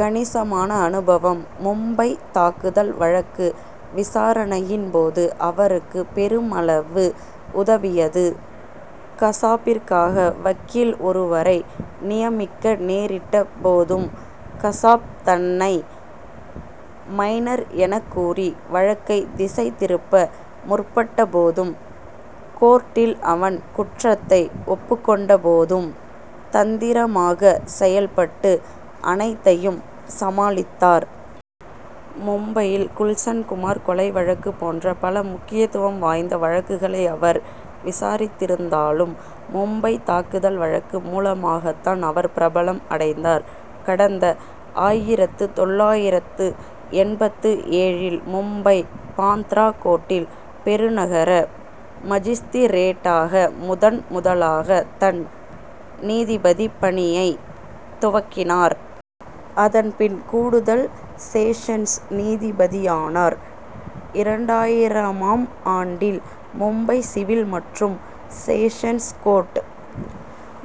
கணிசமான அனுபவம் மும்பைத் தாக்குதல் வழக்கு விசாரணையின் போது அவருக்கு பெருமளவு உதவியது. கசாப்பிற்காக வக்கீல் ஒருவரை நியமிக்க நேரிட்ட போதும் கசாப் தன்னை மைனர் எனக்கூறி வழக்கை திசை திருப்ப முற்பட்ட போதும் கோர்ட்டில் அவன் குற்றத்தை ஒப்புக் கொண்ட போதும் தந்திரமாக செயல்பட்டு அனைத்தையும் சமாளித்தார். மும்பையில் குல்சன் குமார் கொலை வழக்கு போன்ற பல முக்கியத்துவம் வாய்ந்த வழக்குகளை அவர் விசாரித்திருந்தாலும் மும்பைத் தாக்குதல் வழக்கு மூலமாகதான் அவர் பிரபலம் அடைந்தார். கடந்த ஆயிரத்து தொள்ளாயிரத்து எண்பத்து ஏழில் மும்பை பாந்த்ரா கோர்ட்டில் பெருநகர மஜிஸ்திரேட்டாக முதன் முதலாக தன் நீதிபதி பணியைத் துவக்கினார். அதன்பின் கூடுதல் செஷன்ஸ் நீதிபதியானார். இரண்டாயிரமாம் ஆண்டில் மும்பை சிவில் மற்றும் செஷன்ஸ் கோர்ட்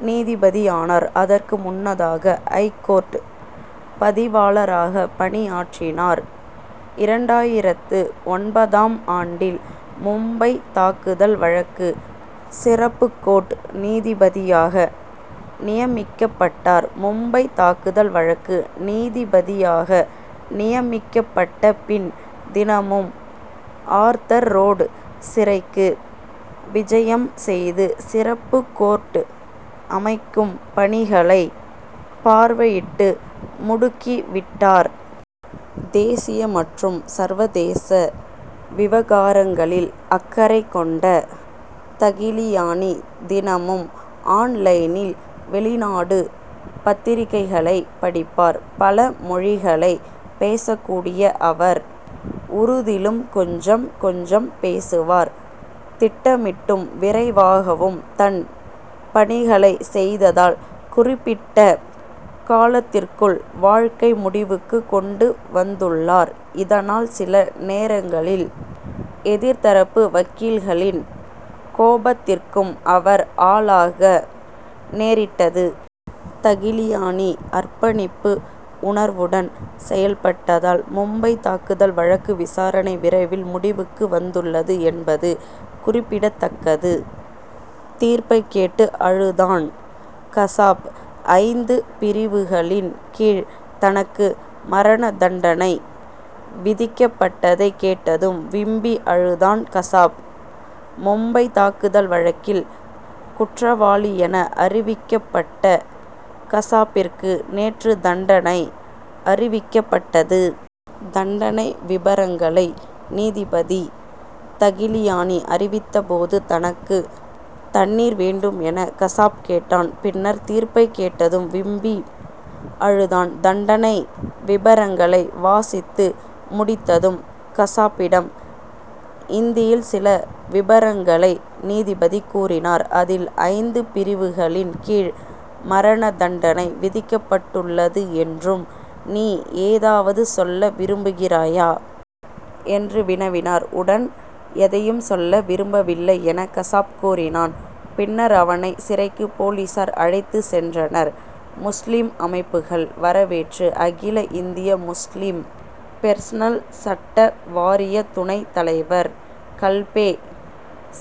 நீதிபதியானார். அதற்கு முன்னதாக ஐகோர்ட் பதிவாளராக பணியாற்றினார். இரண்டாயிரத்து ஒன்பதாம் ஆண்டில் மும்பைத் தாக்குதல் வழக்கு சிறப்பு கோர்ட் நீதிபதியாக நியமிக்கப்பட்டார். மும்பைத் தாக்குதல் வழக்கு நீதிபதியாக நியமிக்கப்பட்ட பின் தினமும் ஆர்தர் ரோடு சிறைக்கு விஜயம் செய்து சிறப்பு கோர்ட் அமைக்கும் பணிகளை பார்வையிட்டு முடுக்கி விட்டார். தேசிய மற்றும் சர்வதேச விவகாரங்களில் அக்கறை கொண்ட தகிலியானி தினமும் ஆன் லைனில் வெளிநாட்டு பத்திரிகைகளைப் படிப்பார். பல மொழிகளைப் பேசக்கூடிய அவர் உருதிலும் கொஞ்சம் கொஞ்சம் பேசுவார். திட்டமிட்டும் விரைவாகவும் தன் பணிகளைச் செய்ததால் குறிப்பிட்ட காலத்திற்குள் வழக்கை முடிவுக்கு கொண்டு வந்துள்ளார். இதனால் சில நேரங்களில் எதிர்தரப்பு வக்கீல்களின் கோபத்திற்கும் அவர் ஆளாக நேரிட்டது. தகிலியானி அர்ப்பணிப்பு உணர்வுடன் செயல்பட்டதால் மும்பைத் தாக்குதல் வழக்கு விசாரணை விரைவில் முடிவுக்கு வந்துள்ளது என்பது குறிப்பிடத்தக்கது. தீர்ப்பை கேட்டு அழுதான் கசாப் ஐந்து பிரிவுகளின் கீழ் தனக்கு மரண தண்டனை விதிக்கப்பட்டதை கேட்டதும் விம்மி அழுதான் கசாப். மும்பை தாக்குதல் வழக்கில் குற்றவாளியென அறிவிக்கப்பட்ட கசாப்பிற்கு நேற்று தண்டனை அறிவிக்கப்பட்டது. தண்டனை விபரங்களை நீதிபதி தகிலியானி அறிவித்த போது தனக்கு தண்ணீர் வேண்டும் என கசாப் கேட்டான். பின்னர் தீர்ப்பை கேட்டதும் விம்மி அழுதான். தண்டனை விபரங்களை வாசித்து முடித்ததும் கசாப்பிடம் இந்தியில் சில விபரங்களை நீதிபதி கூறினார். அதில் ஐந்து பிரிவுகளின் கீழ் மரண தண்டனை விதிக்கப்பட்டுள்ளது என்றும் நீ ஏதாவது சொல்ல விரும்புகிறாயா? என்றும் வினவினார். உடன் எதையும் சொல்ல விரும்பவில்லை என கசாப் கூறினான். பின்னர் அவனை சிறைக்கு போலீசார் அழைத்து சென்றனர். முஸ்லிம் அமைப்புகள் வரவேற்பு அகில இந்திய முஸ்லிம் பெர்சனல் சட்ட வாரிய துணை தலைவர் கல்பே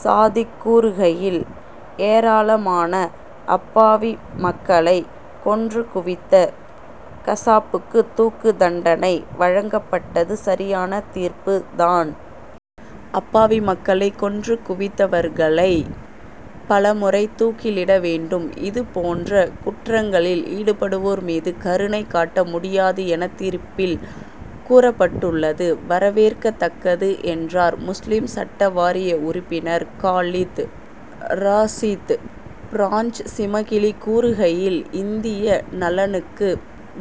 சாதிக் கூறுகையில் ஏராளமான அப்பாவி மக்களை கொன்று குவித்த கசாபுக்கு தூக்கு தண்டனை வழங்கப்பட்டது சரியான தீர்ப்பு தான். அப்பாவி மக்களை கொன்று குவித்தவர்களை பல முறை தூக்கிலிட வேண்டும். இதுபோன்ற குற்றங்களில் ஈடுபடுவோர் மீது கருணை காட்ட முடியாது என தீர்ப்பில் கூறப்பட்டுள்ளது வரவேற்கத்தக்கது என்றார். முஸ்லிம் சட்ட வாரிய உறுப்பினர் காலித் ரசீத் பிராஞ்சிமகிலி கூறுகையில் இந்திய நலனுக்கு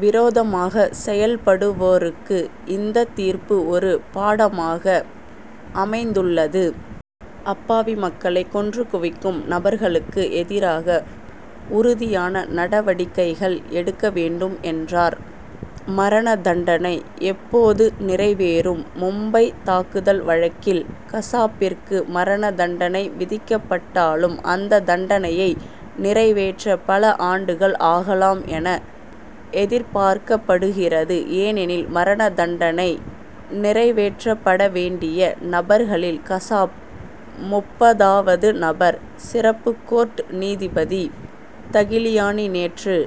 விரோதமாக செயல்படுவோருக்கு இந்த தீர்ப்பு ஒரு பாடமாக அமைந்துள்ளது. அப்பாவி மக்களை கொன்று குவிக்கும் நபர்களுக்கு எதிராக உறுதியான நடவடிக்கைகள் எடுக்க வேண்டும் என்றார். மரண தண்டனை எப்போது நிறைவேறும் மும்பைத் தாக்குதல் வழக்கில் கசாப்பிற்கு மரண தண்டனை விதிக்கப்பட்டாலும் அந்த தண்டனையை நிறைவேற்ற பல ஆண்டுகள் ஆகலாம் என எதிர்பார்க்கப்படுகிறது. ஏனெனில் மரண தண்டனை நிறைவேற்றப்பட வேண்டிய நபர்களில் கசாப் முப்பதாவது நபர். சிறப்பு கோர்ட் நீதிபதி தகிலியானி நேற்று